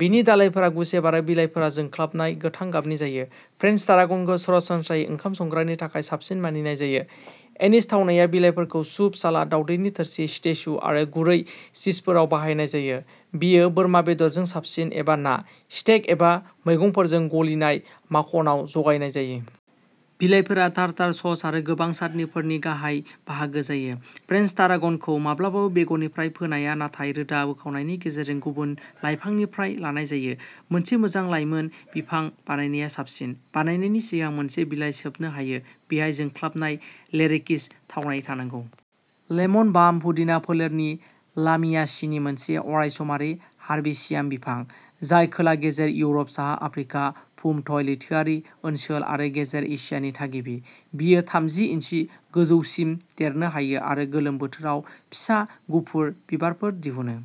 बेनि दालाइफोरा गुसेब आरो बिलाइफोरा जोंख्लाबनाय गोथां गाबनि जायो। फ्रेन्स टारागनखौ सरासनस्रायै ओंखाम संग्रानि थाखाय साबसिन मानिनाय जायो। एनिज थावनाया बिलाइफोरखौ सुप, सालाद, दावदैनि थोरसि, स्टेस्यु आरो गुरै चीजफोराव बाहायनाय जायो। बेफोर बोरमा बेदरजों साबसिन एबा ना, स्टेक एबा मैगंफोरजों गलिनाय माखनआव जगायनाय जायो। बिलाइफोरा टारटार सस आरो गोबां चाटनिफोरनि गाहाय बाहागो जायो। फ्रेन्स टारागनखौ माब्लाबाबो बेगरनिफ्राय फोनाया नाथाय रोदा बोखावनायनि गेजेरजों गुबुन लाइफांनिफ्राय लानाय जायो। मोनसे मोजां लायमोन बिफां बायनाया साबसिन। बायनायनि सिगां मोनसे बिलाइ सोबनो हायो, बेयाव जोंख्लाबनाय लिकेरिस थावनाय थानांगौ। लेमन बाम पुदिना फोलेरनि लामियासिनि मोनसे अरायसमारि हार्बेसिया बिफां, जाय खोला गेजेर इउरप, साहा आफ्रिका, भुमध्य लैथोआरि ओनसोल आरो गेजेर एसियानि थागिबि। बेयो थामजि इन्सि गोजौसिम देरनो हायो आरो गोलोम बोथोराव फिसा गुफुर बिबारफोर दिहुनो।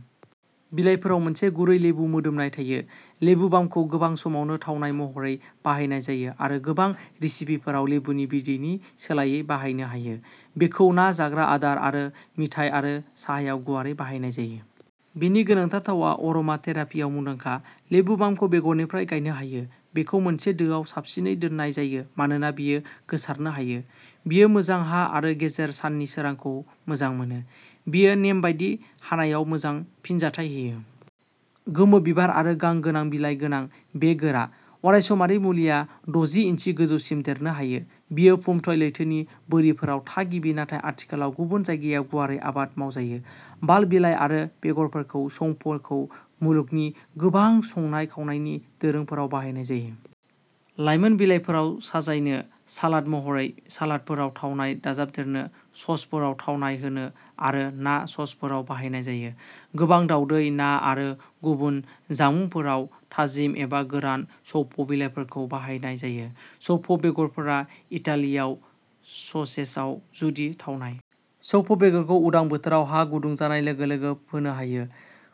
बिलाइफोराव मोनसे गुरै लेबु मोदोमनाय थायो। लेबु बामखौ गोबां समावनो थावनाय महरै बाहायनाय जायो आरो गोबां रेसिपिफोराव लेबुनि बिदैनि सोलायै बाहायनो हायो। बेखौ ना जाग्रा आदार आरो मिथाइ आरो साहायाव गुवारै बाहायनाय जायो। बेनि गोनांथार थावआ अर'मा थेरापियाव मुंदांखा। लेबु बामखौ बेगरनिफ्राय गायनो हायो। बेखौ मोनसे दोआव साबसिनै दोननाय जायो मानोना बेयो गोसारनो हायो। बेयो मोजां हा आरो गेजेर साननि सोरांखौ मोजां मोनो। बेयो नेमबादि हानायाव मोजां फिनजाथाय होयो। गोमो बिबार आरो गां गोनां बिलाइ गोनां बे गोरा, अरायसमारि मुलिया द'जि इन्सि गोजौसिम देरनो हायो। बेयो भुमध्य लैथोनि बोरिफोराव थागिबि नाथाय आथिखालाव गुबुन जायगायाव गुवारै आबाद मावजायो। बाल्ब, बिलाइ आरो बेगरफोरनि संफ'खौ मुलुगनि गोबां संनाय खावनायनि दोरोंफोराव बाहायनाय जायो। लायमोन बिलाइफोरखौ साजायनो, सालाद महरै, सालादफोराव थावनाय दाजाबदेरनो, ससफोराव थावनाय होनो आरो ना ससफोरावबो बाहायनाय जायो। गोबां दावदै, ना आरो गुबुन जामुंफोराव थाजिम एबा गोरान सौफ बिलाइफोर बाहायनाय जायो। सौफ बेगरफोरा इटालियान ससेजआव गुदि थावनाय। सौफ बेगरखौ उदां बोथोराव हा गुदुं जानाय लोगो लोगो फोनो हायो।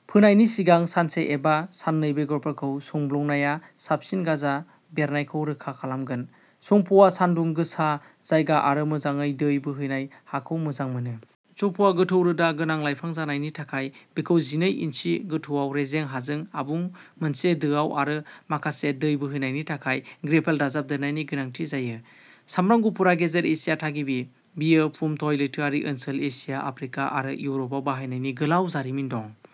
फोनायनि सिगां सानसे एबा साननै बेगरफोरखौ सोमब्लंनाया साबसिन गाजा बेरनायखौ रोखा खालामगोन। सौफआ सानदुं गोसा जायगा आरो मोजाङै दै बोहैनाय हाखौ मोजां मोनो। सौफआ गोथौ रोदा गोनां लाइफां जानायनि थाखाय बेखौ जिनै इन्सि गोथौआव रेजें हाजों आबुं मोनसे दोआव आरो माखासे दै बोहैनायनि थाखाय ग्रेभेल दाजाबदेरनायनि गोनांथि जायो। सामब्राम गुफुरा गेजेर एसियानि थागिबि। बेयो भुमध्य लैथोआरि ओनसोल, एसिया, आफ्रिका आरो इउर'पआव बाहायनायनि गोलाव जारिमिन दं।